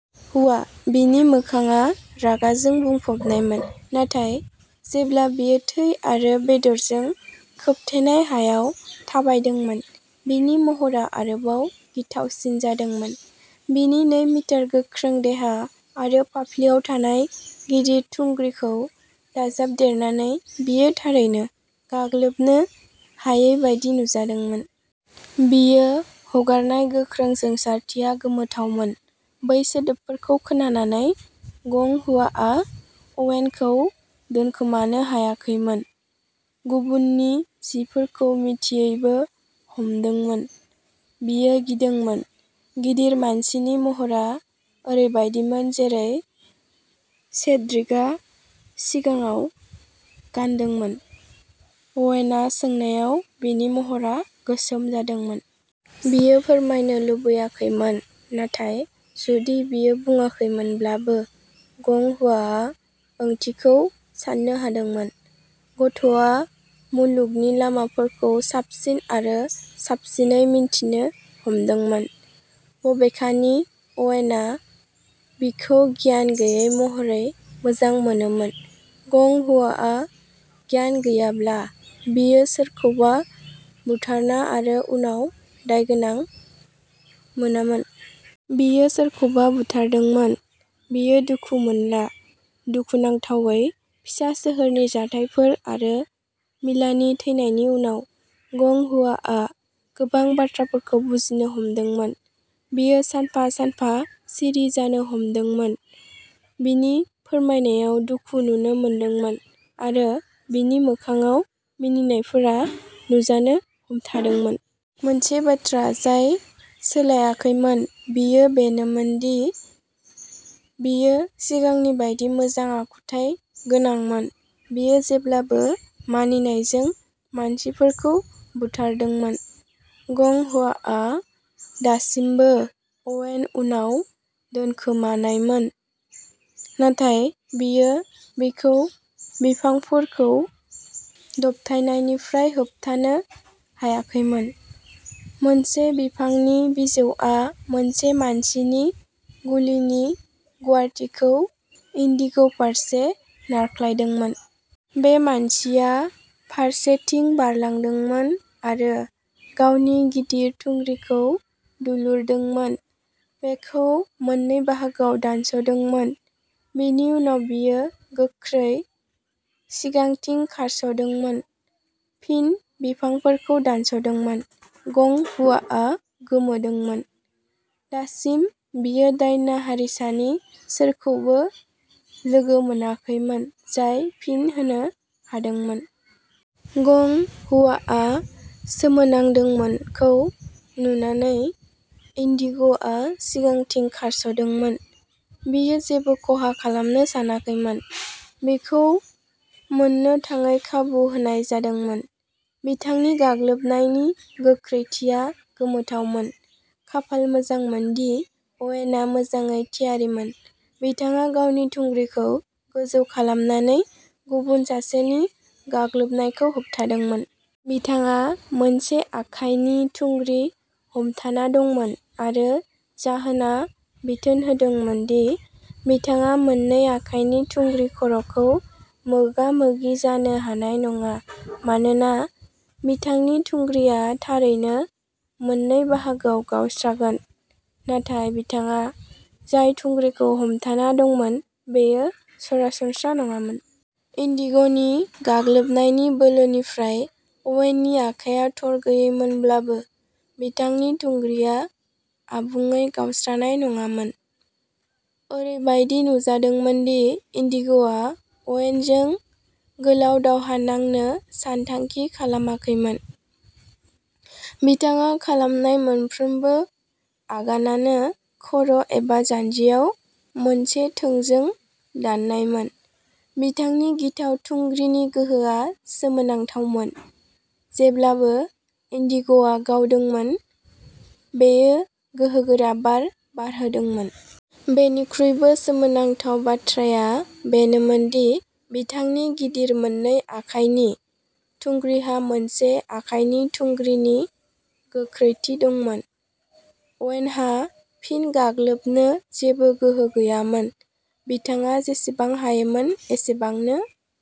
हुआ, बिनि मोखांआ रागा जों बुंफबनायमोन, नाथाय जेब्ला बियो थै आरो बेदरजों खोबथेनाय हायाव थाबायदोंमोन, बिनि महरा आरोबाव गिथावसिन जादोंमोन। बिनि नै मिटार गोख्रों देहा आरो फाफ्लियाव थानाय गिदिर थुंग्रिखौ दाजाबदेरनानै, बियो थारैनो गाग्लोबनो हायै बायदि नुजादोंमोन। बियो हगारनाय गोख्रों जोंसारथिया गोमोथावमोन। बै सोदोबफोरखौ खोनानानै, गं हुआआ अवेनखौ दोनखोमानो हायाखैमोन, गुबुननि जिफोरखौ मिथियैबो हमदोंमोन। बियो गिदोंमोन। गिदिर मानसिनि महरा ओरैबायदिमोन जेरै सेड्रिकआ सिगाङाव गानदोंमोन अवेनआ सोंनायाव बिनि महरा गोसोम जादोंमोन। बियो फोरमायनो लुबैयाखैमोन, नाथाय जुदि बियो बुङाखैमोनब्लाबो, गं हुआआ ओंथिखौ साननो हादोंमोन। गथ'आ मुलुगनि लामाफोरखौ साबसिन आरो साबसिनै मिन्थिनो हमदोंमोन, बबेखानि अवेनआ बिखौ गियान गैयै महरै मोजां मोनोमोन। गं हुआआ गियान गैयाब्ला, बियो सोरखौबा बुथारना आरो उनाव दायगोनां मोनामोन। बियो सोरखौबा बुथारदोंमोन, बियो दुखु मोनला। दुखुनांथावै, फिसा सोहोरनि जाथायफोर आरो मिलानि थैनायनि उनाव, गं हुआआ गोबां बाथ्राफोरखौ बुजिनो हादोंमोन। बियो सानफा-सानफा सिरि जानो हमदोंमोन, बिनि फोरमायनायाव दुखु नुनो मोनदोंमोन, आरो बिनि मोखांआव मिनिनायफोरा नुजानो हमथादोंमोन। मोनसे बाथ्रा जाय सोलायाखैमोन बियो बेनोमोनदि बियो सिगांनि बायदि मोजां आखुथाय गोनांमोन बियो जेब्लाबो मानिनायजों मानसिफोरखौ बुथारदोंमोन। गं हुआआ दासिमबो अवेन उनाव दोनखोमानायमोन, नाथाय बियो बिखौ बिफांफोरखौ दबथायनायनिफ्राय होबथानो हायाखैमोन। मोनसे बिफांनि बिजौआ मोनसे मानसिनि गुलिनि गुवारथिखौ इन्दिग' फारसे नारख्लायदोंमोन। बे मानसिया फारसेथिं बारलांदोंमोन आरो गावनि गिदिर थुंग्रिखौ दुलुरदोंमोन, बेखौ मोननै बाहागोआव दानस'दोंमोन। बिनि उनाव बियो गोख्रै सिगांथिं खारस'दोंमोन, फिन बिफांफोरखौ दानस'दोंमोन। गं हुआआ गोमोदोंमोन। दासिम, बियो दान्या हारिसानि सोरखौबो लोगो मोनाखैमोन जाय फिन होनो हादोंमोन। गं हुआआ सोमोनांदोंमोनखौ नुनानै, इन्दिग'आ सिगांथिं खारस'दोंमोन; बियो जेबो खहा खालामनो सानाखैमोन। बिखौ मोननो थाङै खाबु होनाय जादोंमोन। बिथांनि गाग्लोबनायनि गोख्रैथिया गोमोथावमोन। खाफाल मोजांमोनदि, अवेनआ मोजाङै थियारिमोन। बिथाङा गावनि थुंग्रिखौ गोजौ खालामनानै गुबुन सासेनि गाग्लोबनायखौ होबथादोंमोन। बिथाङा मोनसे आखाइनि थुंग्रि हमथाना दंमोन, आरो जाहोनआ बिथोन होदोंमोन दि बिथाङा मोननै आखाइनि थुंग्रि खर'खौ मोगा-मोगि जानो हानाय नङा मानोना बिथांनि थुंग्रिआ थारैनो मोननै बाहागोआव गावस्रागोन। नाथाय बिथाङा जाय थुंग्रिखौ हमथाना दंमोन बेयो सरासनस्रा नङामोन। इन्दिग'नि गाग्लोबनायनि बोलोनिफ्राय अवेननि आखाइआ थरगैयैमोनब्लाबो, बिथांनि थुंग्रिआ आबुङै गावस्रानाय नङामोन। ओरैबायदि नुजादोंमोन दि इन्दिग'आ अवेनजों गोलाव दावहा नांनो सानथांखि खालामाखैमोन। बिथाङा खालामनाय मोनफ्रोमबो आगानानो खर' एबा जान्जियाव मोनसे थोंजों दाननायमोन। बिथांनि गिथाव थुंग्रिनि गोहोआ सोमोनांथावमोन; जेब्लाबो इन्दिग'आ गावदोंमोन बेयो गोहोगोरा बार बारहोदोंमोन। बेनिख्रुइबो सोमोनांथाव बाथ्राया बेनोमोन दि बिथांनि गिदिर मोननै आखाइनि थुंग्रिहा मोनसे आखाइनि थुंग्रिनि गोख्रैथि दंमोन। अवेनहा फिन गाग्लोबनो जेबो गोहो गैयामोन। बिथाङा जेसेबां हायोमोन एसेबांनो।